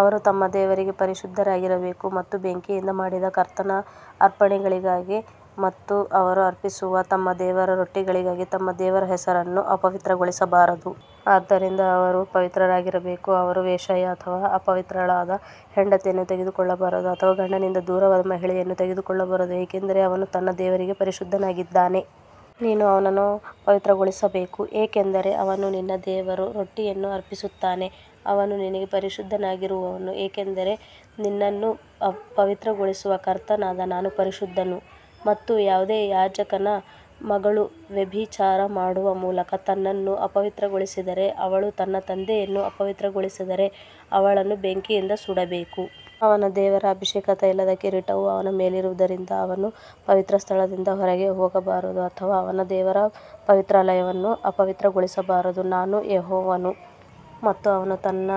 ಅವರು ತಮ್ಮ ದೇವರಿಗೆ ಪರಿಶುದ್ಧರಾಗಿರಬೇಕು ಮತ್ತು ಬೆಂಕಿಯಿಂದ ಮಾಡಿದ ಕರ್ತನ ಅರ್ಪಣೆಗಳಿಗಾಗಿ ಮತ್ತು ಅವರು ಅರ್ಪಿಸುವ ತಮ್ಮ ದೇವರ ರೊಟ್ಟಿಗಳಿಗಾಗಿ ತಮ್ಮ ದೇವರ ಹೆಸರನ್ನು ಅಪವಿತ್ರಗೊಳಿಸಬಾರದು ಆದ್ದರಿಂದ ಅವರು ಪವಿತ್ರರಾಗಿರಬೇಕು. ಅವರು ವೇಶ್ಯೆಯ ಅಥವಾ ಅಪವಿತ್ರಳಾದ ಹೆಂಡತಿಯನ್ನು ತೆಗೆದುಕೊಳ್ಳಬಾರದು ಅಥವಾ ಗಂಡನಿಂದ ದೂರವಾದ ಮಹಿಳೆಯನ್ನು ತೆಗೆದುಕೊಳ್ಳಬಾರದು ಏಕೆಂದರೆ ಅವನು ತನ್ನ ದೇವರಿಗೆ ಪರಿಶುದ್ಧನಾಗಿದ್ದಾನೆ. ನೀನು ಅವನನ್ನು ಪವಿತ್ರಗೊಳಿಸಬೇಕು ಏಕೆಂದರೆ ಅವನು ನಿನ್ನ ದೇವರ ರೊಟ್ಟಿಯನ್ನು ಅರ್ಪಿಸುತ್ತಾನೆ ಅವನು ನಿನಗೆ ಪರಿಶುದ್ಧನಾಗಿರುವನು ಏಕೆಂದರೆ ನಿನ್ನನ್ನು ಪವಿತ್ರಗೊಳಿಸುವ ಕರ್ತನಾದ ನಾನು ಪರಿಶುದ್ಧನು. ಮತ್ತು ಯಾವುದೇ ಯಾಜಕನ ಮಗಳು ವ್ಯಭಿಚಾರ ಮಾಡುವ ಮೂಲಕ ತನ್ನನ್ನು ಅಪವಿತ್ರಗೊಳಿಸಿದರೆ ಅವಳು ತನ್ನ ತಂದೆಯನ್ನು ಅಪವಿತ್ರಗೊಳಿಸಿದರೆ ಅವಳನ್ನು ಬೆಂಕಿಯಿಂದ ಸುಡಬೇಕು. ಅವನ ದೇವರ ಅಭಿಷೇಕ ತೈಲದ ಕಿರೀಟವು ಅವನ ಮೇಲಿರುವುದರಿಂದ ಅವನು ಪವಿತ್ರಸ್ಥಳದಿಂದ ಹೊರಗೆ ಹೋಗಬಾರದು ಅಥವಾ ಅವನ ದೇವರ ಪವಿತ್ರಾಲಯವನ್ನು ಅಪವಿತ್ರಗೊಳಿಸಬಾರದು ನಾನು ಯೆಹೋವನು. ಮತ್ತು ಅವನು ತನ್ನ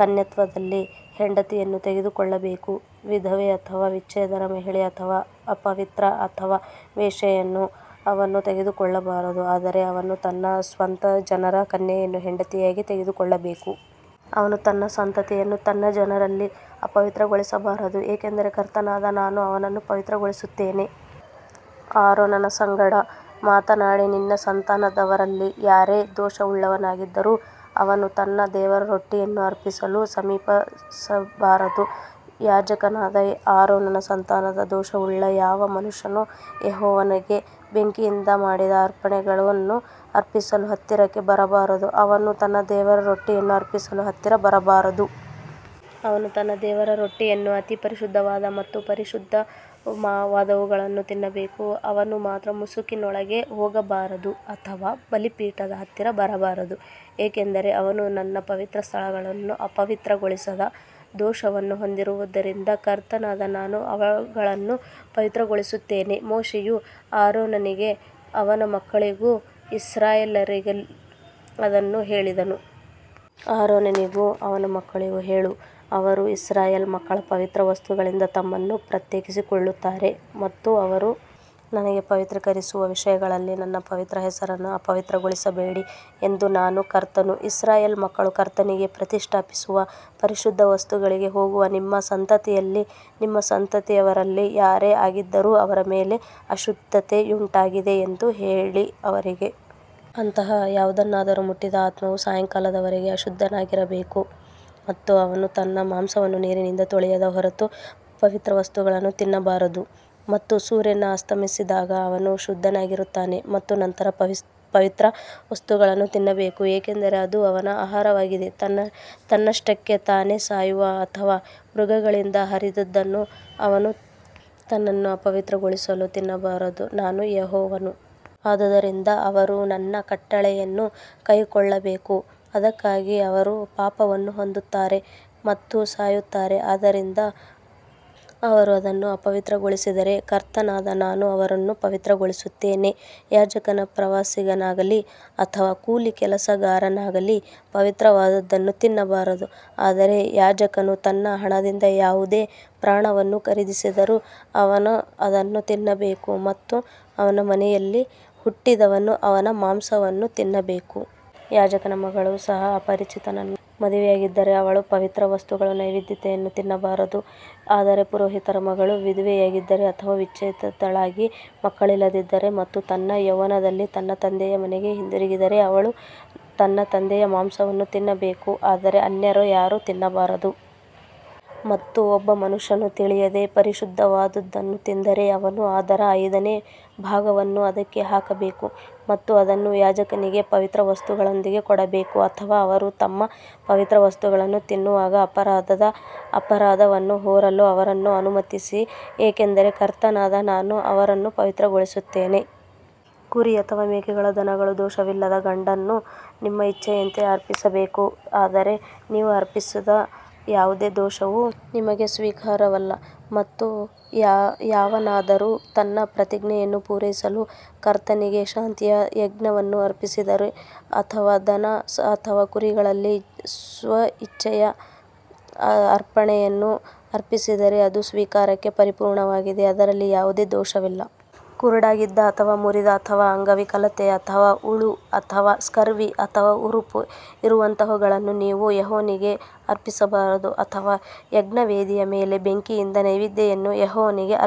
ಕನ್ಯತ್ವದಲ್ಲಿ ಹೆಂಡತಿಯನ್ನು ತೆಗೆದುಕೊಳ್ಳಬೇಕು. ವಿಧವೆ ಅಥವಾ ವಿಚ್ಛೇದಿತ ಮಹಿಳೆ ಅಥವಾ ಅಪವಿತ್ರ ಅಥವಾ ವೇಶ್ಯೆಯನ್ನು ಅವನು ತೆಗೆದುಕೊಳ್ಳಬಾರದು ಆದರೆ ಅವನು ತನ್ನ ಸ್ವಂತ ಜನರ ಕನ್ಯೆಯನ್ನು ಹೆಂಡತಿಯಾಗಿ ತೆಗೆದುಕೊಳ್ಳಬೇಕು. ಅವನು ತನ್ನ ಸಂತತಿಯನ್ನು ತನ್ನ ಜನರಲ್ಲಿ ಅಪವಿತ್ರಗೊಳಿಸಬಾರದು ಏಕೆಂದರೆ ಕರ್ತನಾದ ನಾನು ಅವನನ್ನು ಪವಿತ್ರಗೊಳಿಸುತ್ತೇನೆ. ಆರೋನನ ಸಂಗಡ ಮಾತನಾಡಿ ನಿನ್ನ ಸಂತಾನದವರಲ್ಲಿ ಯಾರೇ ದೋಷವುಳ್ಳವನಾಗಿದ್ದರೂ ಅವನು ತನ್ನ ದೇವರ ರೊಟ್ಟಿಯನ್ನು ಅರ್ಪಿಸಲು ಸಮೀಪಿಸಬಾರದು. ಯಾಜಕನಾದ ಆರೋನನ ಸಂತಾನದ ದೋಷವುಳ್ಳ ಯಾವ ಮನುಷ್ಯನೂ ಯೆಹೋವನಿಗೆ ಬೆಂಕಿಯಿಂದ ಮಾಡಿದ ಅರ್ಪಣೆಗಳನ್ನು ಅರ್ಪಿಸಲು ಹತ್ತಿರಕ್ಕೆ ಬರಬಾರದು ಅವನು ತನ್ನ ದೇವರ ರೊಟ್ಟಿಯನ್ನು ಅರ್ಪಿಸಲು ಹತ್ತಿರ ಬರಬಾರದು. ಅವನು ತನ್ನ ದೇವರ ರೊಟ್ಟಿಯನ್ನು ಅತಿ ಪರಿಶುದ್ಧವಾದ ಮತ್ತು ಪರಿಶುದ್ಧವಾದವುಗಳನ್ನು ತಿನ್ನಬೇಕು ಅವನು ಮಾತ್ರ ಮುಸುಕಿನೊಳಗೆ ಹೋಗಬಾರದು ಅಥವಾ ಬಲಿಪೀಠದ ಹತ್ತಿರ ಬರಬಾರದು ಏಕೆಂದರೆ ಅವನು ನನ್ನ ಪವಿತ್ರ ಸ್ಥಳಗಳನ್ನು ಅಪವಿತ್ರಗೊಳಿಸದ ದೋಷವನ್ನು ಹೊಂದಿರುವುದರಿಂದ ಕರ್ತನಾದ ನಾನು ಅವುಗಳನ್ನು ಪವಿತ್ರಗೊಳಿಸುತ್ತೇನೆ. ಮೋಶೆಯು ಆರೋನನಿಗೂ ಅವನ ಮಕ್ಕಳಿಗೂ ಇಸ್ರಾಯೇಲ್ಯರೆಲ್ಲರಿಗೂ ಅದನ್ನು ಹೇಳಿದನು. ಆರೋನನಿಗೂ ಅವನ ಮಕ್ಕಳಿಗೂ ಹೇಳು ಅವರು ಇಸ್ರಾಯೇಲ್ ಮಕ್ಕಳ ಪವಿತ್ರ ವಸ್ತುಗಳಿಂದ ತಮ್ಮನ್ನು ಪ್ರತ್ಯೇಕಿಸಿಕೊಳ್ಳುತ್ತಾರೆ ಮತ್ತು ಅವರು ನನಗೆ ಪವಿತ್ರೀಕರಿಸುವ ವಿಷಯಗಳಲ್ಲಿ ನನ್ನ ಪವಿತ್ರ ಹೆಸರನ್ನು ಅಪವಿತ್ರಗೊಳಿಸಬೇಡಿ ಎಂದು ನಾನು ಕರ್ತನು. ಇಸ್ರಾಯೇಲ್ ಮಕ್ಕಳು ಕರ್ತನಿಗೆ ಪ್ರತಿಷ್ಠಾಪಿಸುವ ಪರಿಶುದ್ಧ ವಸ್ತುಗಳಿಗೆ ಹೋಗುವ ನಿಮ್ಮ ಸಂತತಿಯಲ್ಲಿ ನಿಮ್ಮ ಸಂತತಿಯವರಲ್ಲಿ ಯಾರೇ ಆಗಿದ್ದರೂ ಅವರ ಮೇಲೆ ಅಶುದ್ಧತೆಯುಂಟಾಗಿದೆ ಎಂದು ಅವರಿಗೆ ಹೇಳು. ಅಂತಹ ಯಾವುದನ್ನಾದರೂ ಮುಟ್ಟಿದ ಆತ್ಮವು ಸಾಯಂಕಾಲದವರೆಗೆ ಅಶುದ್ಧನಾಗಿರಬೇಕು ಮತ್ತು ಅವನು ತನ್ನ ಮಾಂಸವನ್ನು ನೀರಿನಿಂದ ತೊಳೆಯದ ಹೊರತು ಪವಿತ್ರ ವಸ್ತುಗಳನ್ನು ತಿನ್ನಬಾರದು. ಮತ್ತು ಸೂರ್ಯನು ಅಸ್ತಮಿಸಿದಾಗ ಅವನು ಶುದ್ಧನಾಗಿರುತ್ತಾನೆ ಮತ್ತು ನಂತರ ಪವಿತ್ರ ವಸ್ತುಗಳನ್ನು ತಿನ್ನಬೇಕು ಏಕೆಂದರೆ ಅದು ಅವನ ಆಹಾರವಾಗಿದೆ. ತನ್ನಷ್ಟಕ್ಕೆ ತಾನೇ ಸಾಯುವ ಅಥವಾ ಮೃಗಗಳಿಂದ ಹರಿದದ್ದನ್ನು ಅವನು ತನ್ನನ್ನು ಅಪವಿತ್ರಗೊಳಿಸಲು ತಿನ್ನಬಾರದು ನಾನು ಯೆಹೋವನು. ಆದದರಿಂದ ಅವರು ನನ್ನ ಕಟ್ಟಳೆಯನ್ನು ಕೈಕೊಳ್ಳಬೇಕು ಅದಕ್ಕಾಗಿ ಅವರು ಪಾಪವನ್ನು ಹೊಂದುತ್ತಾರೆ ಮತ್ತು ಸಾಯುತ್ತಾರೆ ಆದ್ದರಿಂದ ಅವರು ಅದನ್ನು ಅಪವಿತ್ರಗೊಳಿಸಿದರೆ ಕರ್ತನಾದ ನಾನು ಅವರನ್ನು ಪವಿತ್ರಗೊಳಿಸುತ್ತೇನೆ. ಯಾಜಕನ ಪ್ರವಾಸಿಗನಾಗಲಿ ಅಥವಾ ಕೂಲಿ ಕೆಲಸಗಾರನಾಗಲಿ ಪವಿತ್ರವಾದದ್ದನ್ನು ತಿನ್ನಬಾರದು. ಆದರೆ ಯಾಜಕನು ತನ್ನ ಹಣದಿಂದ ಯಾವುದೇ ಪ್ರಾಣವನ್ನು ಖರೀದಿಸಿದರೆ ಅವನು ಅದನ್ನು ತಿನ್ನಬೇಕು ಮತ್ತು ಅವನ ಮನೆಯಲ್ಲಿ ಹುಟ್ಟಿದವನು ಅವನ ಮಾಂಸವನ್ನು ತಿನ್ನಬೇಕು. ಯಾಜಕನ ಮಗಳು ಸಹ ಅಪರಿಚಿತನನ್ನು ಮದುವೆಯಾಗಿದ್ದರೆ ಅವಳು ಪವಿತ್ರ ವಸ್ತುಗಳ ನೈವೇದ್ಯವನ್ನು ತಿನ್ನಬಾರದು. ಆದರೆ ಪುರೋಹಿತರ ಮಗಳು ವಿಧವೆಯಾಗಿದ್ದರೆ ಅಥವಾ ವಿಚ್ಛೇದಿತಳಾಗಿ ಮಕ್ಕಳಿಲ್ಲದಿದ್ದರೆ ಮತ್ತು ತನ್ನ ಯೌವನದಲ್ಲಿ ತನ್ನ ತಂದೆಯ ಮನೆಗೆ ಹಿಂದಿರುಗಿದರೆ ಅವಳು ತನ್ನ ತಂದೆಯ ಮಾಂಸವನ್ನು ತಿನ್ನಬೇಕು ಆದರೆ ಅನ್ಯರು ಯಾರೂ ತಿನ್ನಬಾರದು. ಮತ್ತು ಒಬ್ಬ ಮನುಷ್ಯನು ತಿಳಿಯದೆ ಪರಿಶುದ್ಧವಾದುದನ್ನು ತಿಂದರೆ ಅವನು ಅದರ ಐದನೇ ಭಾಗವನ್ನು ಅದಕ್ಕೆ ಹಾಕಬೇಕು ಮತ್ತು ಅದನ್ನು ಯಾಜಕನಿಗೆ ಪವಿತ್ರ ವಸ್ತುಗಳೊಂದಿಗೆ ಕೊಡಬೇಕು. ಅಥವಾ ಅವರು ತಮ್ಮ ಪವಿತ್ರ ವಸ್ತುಗಳನ್ನು ತಿನ್ನುವಾಗ ಅಪರಾಧದ ಅಪರಾಧವನ್ನು ಹೊರಲು ಅವರನ್ನು ಅನುಮತಿಸಿ ಏಕೆಂದರೆ ಕರ್ತನಾದ ನಾನು ಅವರನ್ನು ಪವಿತ್ರಗೊಳಿಸುತ್ತೇನೆ. ಕುರಿ ಅಥವಾ ಮೇಕೆಗಳ ದನಗಳ ದೋಷವಿಲ್ಲದ ಗಂಡನ್ನು ನಿಮ್ಮ ಇಚ್ಛೆಯಂತೆ ಅರ್ಪಿಸಬೇಕು. ಆದರೆ ನೀವು ಅರ್ಪಿಸದ ಯಾವುದೇ ದೋಷವು ನಿಮಗೆ ಸ್ವೀಕಾರಾರ್ಹವಲ್ಲ ಮತ್ತು ಯಾವನಾದರೂ ತನ್ನ ಪ್ರತಿಜ್ಞೆಯನ್ನು ಪೂರೈಸಲು ಕರ್ತನಿಗೆ ಶಾಂತಿಯ ಯಜ್ಞವನ್ನು ಅರ್ಪಿಸಿದರೆ ಅಥವಾ ದನ ಅಥವಾ ಕುರಿಗಳಲ್ಲಿ ಸ್ವೇಚ್ಛೆಯ ಅರ್ಪಣೆಯನ್ನು ಅರ್ಪಿಸಿದರೆ ಅದು ಸ್ವೀಕಾರಕ್ಕೆ ಪರಿಪೂರ್ಣವಾಗಿದೆ ಅದರಲ್ಲಿ ಯಾವುದೇ ದೋಷವಿಲ್ಲ. ಕುರುಡಾಗಿದ್ದ ಅಥವಾ ಮುರಿದ ಅಥವಾ ಅಂಗವಿಕಲತೆ ಅಥವಾ ಹುಳು ಅಥವಾ ಸ್ಕರ್ವಿ ಅಥವಾ ಹುರುಪು ಇರುವಂತಹವುಗಳನ್ನು ನೀವು ಯೆಹೋವನಿಗೆ ಅರ್ಪಿಸಬಾರದು ಅಥವಾ ಯಜ್ಞವೇದಿಯ ಮೇಲೆ ಬೆಂಕಿಯಿಂದ ನೈವೇದ್ಯವನ್ನು ಯೆಹೋವನಿಗೆ ಅರ್ಪಿಸಬಾರದು.